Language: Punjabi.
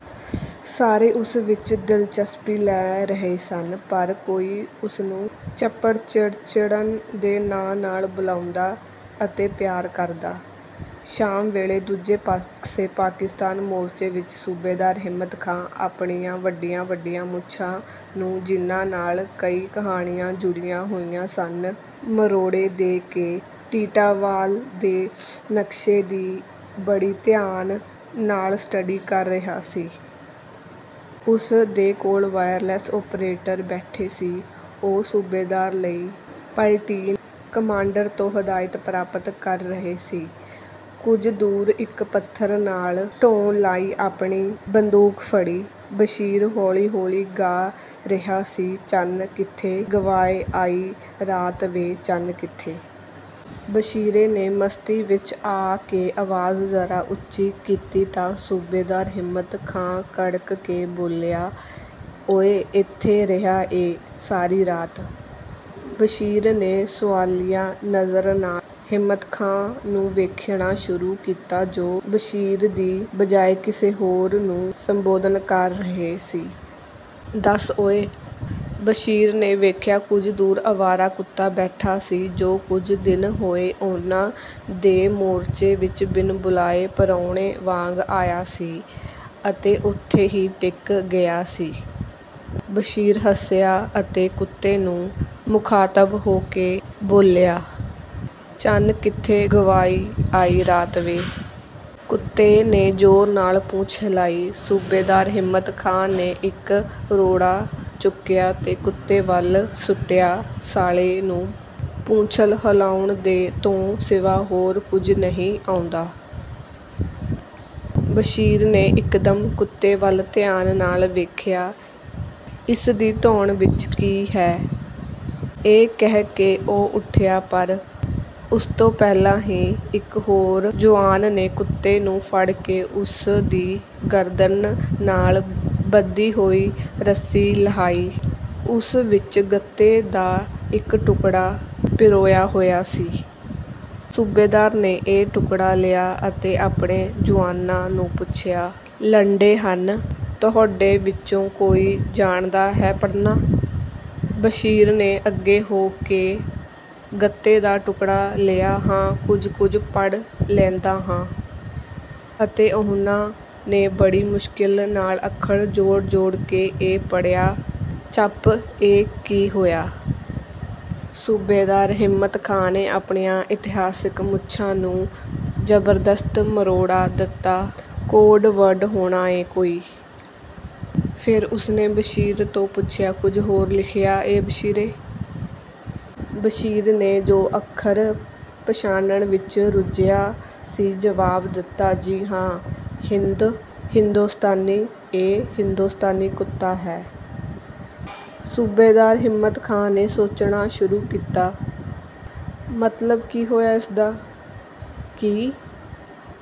ਸਾਰੇ ਉਸ ਵਿੱਚ ਦਿਲਚਸਪੀ ਲੈ ਰਹੇ ਸਨ। ਹਰ ਕੋਈ ਉਹਨੂੰ ਚਪੜਝੁਣਝੁਣ ਦੇ ਨਾਂ ਨਾਲ ਬੁਲਾਉਂਦਾ ਅਤੇ ਪਿਆਰ ਕਰਦਾ। ਸ਼ਾਮ ਵੇਲੇ ਦੂਜੇ ਪਾਸੇ ਪਾਕਿਸਤਾਨੀ ਮੋਰਚੇ ਵਿੱਚ ਸੂਬੇਦਾਰ ਹਿੰਮਤ ਖਾਂ ਆਪਣੀਆਂ ਵੱਡੀਆਂ ਵੱਡੀਆਂ ਮੁੱਛਾਂ ਨੂੰ ਜਿਨ੍ਹਾਂ ਨਾਲ ਕਈ ਕਹਾਣੀਆਂ ਜੁੜੀਆਂ ਹੋਈਆਂ ਸਨ ਮਰੋੜੇ ਦੇ ਕੇ ਟੀਟਵਾਲ ਦੇ ਨਕਸ਼ੇ ਦੀ ਬੜੇ ਧਿਆਨ ਨਾਲ ਸਟੱਡੀ ਕਰ ਰਿਹਾ ਸੀ। ਉਸ ਦੇ ਕੋਲ ਵਾਇਰਲੈਸ ਓਪਰੇਟਰ ਬੈਠਾ ਸੀ ਉਹ ਸੂਬੇਦਾਰ ਲਈ ਪਲਟੂਨ ਕਮਾਂਡਰ ਤੋਂ ਹਦਾਇਤ ਪ੍ਰਾਪਤ ਕਰ ਰਿਹਾ ਸੀ। ਕੁਝ ਦੂਰ ਇੱਕ ਪੱਥਰ ਨਾਲ ਢੋਹ ਲਾਈ ਆਪਣੀ ਬੰਦੂਕ ਫੜੀ ਬਸ਼ੀਰ ਹੌਲੀ ਹੌਲੀ ਗਾ ਰਿਹਾ ਸੀ ਚੰਨ ਕਿੱਥੇ ਗਵਾਈ ਆਈ ਰਾਤ ਵੇ ਚੰਨ ਕਿੱਥੇ। ਬਸ਼ੀਰੇ ਨੇ ਮਸਤੀ ਵਿੱਚ ਆ ਕੇ ਆਵਾਜ਼ ਜ਼ਰਾ ਉਚੀ ਕੀਤੀ ਤਾਂ ਸੂਬੇਦਾਰ ਹਿੰਮਤ ਖਾਂ ਕੜਕ ਕੇ ਬੋਲਿਆ ਓਏ ਕਿੱਥੇ ਰਿਹਾ ਏਂ ਸਾਰੀ ਰਾਤ। ਬਸ਼ੀਰ ਨੇ ਸੁਆਲੀਆ ਨਜ਼ਰਾਂ ਨਾਲ ਹਿੰਮਤ ਖਾਂ ਨੂੰ ਵੇਖਣਾ ਸ਼ੁਰੂ ਕੀਤਾ ਜੋ ਬਸ਼ੀਰ ਦੀ ਬਜਾਏ ਕਿਸੇ ਹੋਰ ਨੂੰ ਸੰਬੋਧਨ ਕਰ ਰਿਹਾ ਸੀ। ਦੱਸ ਓਏ। ਬਸ਼ੀਰ ਨੇ ਵੇਖਿਆ ਕੁੱਝ ਦੂਰ ਆਵਾਰਾ ਕੁੱਤਾ ਬੈਠਾ ਸੀ ਜੋ ਕੁੱਝ ਦਿਨ ਹੋਏ ਉਨ੍ਹਾਂ ਦੇ ਮੋਰਚੇ ਵਿੱਚ ਬਿਨਾਂ ਬੁਲਾਏ ਪਰਾਹੁਣੇ ਵਾਂਗ ਆਇਆ ਸੀ ਅਤੇ ਉਥੇ ਹੀ ਟਿਕ ਗਿਆ ਸੀ। ਬਸ਼ੀਰ ਹੱਸਿਆ ਅਤੇ ਕੁੱਤੇ ਨੂੰ ਮੁਖਾਤਬ ਹੋ ਕੇ ਬੋਲਿਆ ਚੰਨ ਕਿੱਥੇ ਗਵਾਈ ਆਈ ਰਾਤ ਵੇ। ਕੁੱਤੇ ਨੇ ਜ਼ੋਰ ਨਾਲ ਪੂਛ ਹਿਲਾਈ। ਸੂਬੇਦਾਰ ਹਿੰਮਤ ਖਾਂ ਨੇ ਇੱਕ ਰੋੜਾ ਚੁੱਕ ਕੇ ਕੁੱਤੇ ਵੱਲ ਸੁੱਟਿਆ ਸਾਲੇ ਨੂੰ ਪੂਛਲ ਹਿਲਾਉਣ ਤੋਂ ਸਿਵਾ ਹੋਰ ਕੁੱਝ ਨਹੀਂ ਆਉਂਦਾ। ਬਸ਼ੀਰ ਨੇ ਇੱਕਦਮ ਕੁੱਤੇ ਵੱਲ ਧਿਆਨ ਨਾਲ ਵੇਖਿਆ ਇਸ ਦੀ ਧੌਣ ਵਿੱਚ ਕੀ ਹੈ। ਇਹ ਕਹਿ ਕੇ ਉਹ ਉਠਿਆ ਪਰ ਉਸਤੋਂ ਪਹਿਲਾਂ ਹੀ ਇੱਕ ਹੋਰ ਜੁਆਨ ਨੇ ਕੁੱਤੇ ਨੂੰ ਫੜ ਕੇ ਉਸ ਦੀ ਗਰਦਨ ਨਾਲ ਬੱਧੀ ਹੋਈ ਰੱਸੀ ਲਾਹੀ। ਉਸ ਵਿੱਚ ਗੱਤੇ ਦਾ ਇੱਕ ਟੁਕੜਾ ਪਰੋਇਆ ਹੋਇਆ ਸੀ। ਸੂਬੇਦਾਰ ਨੇ ਇਹ ਟੁਕੜਾ ਲਿਆ ਅਤੇ ਆਪਣੇ ਜੁਆਨਾਂ ਨੂੰ ਪੁੱਛਿਆ ਲੰਡੇ ਹਨ ਤੁਹਾਡੇ ਵਿੱਚੋਂ ਕੋਈ ਜਾਣਦਾ ਹੈ ਪੜ੍ਹਨਾ। ਬਸ਼ੀਰ ਨੇ ਅੱਗੇ ਹੋ ਕੇ ਗੱਤੇ ਦਾ ਟੁਕੜਾ ਲਿਆ ਹਾਂ ਕੁੱਝ ਕੁੱਝ ਪੜ੍ਹ ਲੈਂਦਾ ਹਾਂ। ਅਤੇ ਉਹਨੇ ਬੜੀ ਮੁਸ਼ਕਲ ਨਾਲ ਅੱਖਰ ਜੋੜ ਜੋੜ ਕੇ ਇਹ ਪੜ੍ਹਿਆ ਚਪ ਇਹ ਕੀ ਹੋਇਆ। ਸੂਬੇਦਾਰ ਹਿੰਮਤ ਖਾਂ ਨੇ ਆਪਣੀਆਂ ਇਤਿਹਾਸਕ ਮੁੱਛਾਂ ਨੂੰ ਜ਼ਬਰਦਸਤ ਮਰੋੜਾ ਦਿੱਤਾ ਕੋਡ ਵਰਡ ਹੋਣਾ ਏ ਕੋਈ। ਫਿਰ ਉਹਨੇ ਬਸ਼ੀਰ ਤੋਂ ਪੁੱਛਿਆ ਕੁੱਝ ਹੋਰ ਲਿਖਿਆ ਏ ਬਸ਼ੀਰੇ। ਬਸ਼ੀਰ ਨੇ ਜੋ ਅੱਖਰ ਪਛਾਨਣ ਵਿੱਚ ਰੁੱਝਿਆ ਸੀ ਜਵਾਬ ਦਿੱਤਾ ਜੀ ਹਾਂ ਹਿੰਦ ਹਿੰਦੋਸਤਾਨੀ ਇਹ ਹਿੰਦੋਸਤਾਨੀ ਕੁੱਤਾ ਹੈ। ਸੂਬੇਦਾਰ ਹਿੰਮਤ ਖਾਂ ਨੇ ਸੋਚਣਾ ਸ਼ੁਰੂ ਕੀਤਾ, ਮਤਲਬ ਕੀ ਹੋਇਆ ਇਸਦਾ? ਕੀ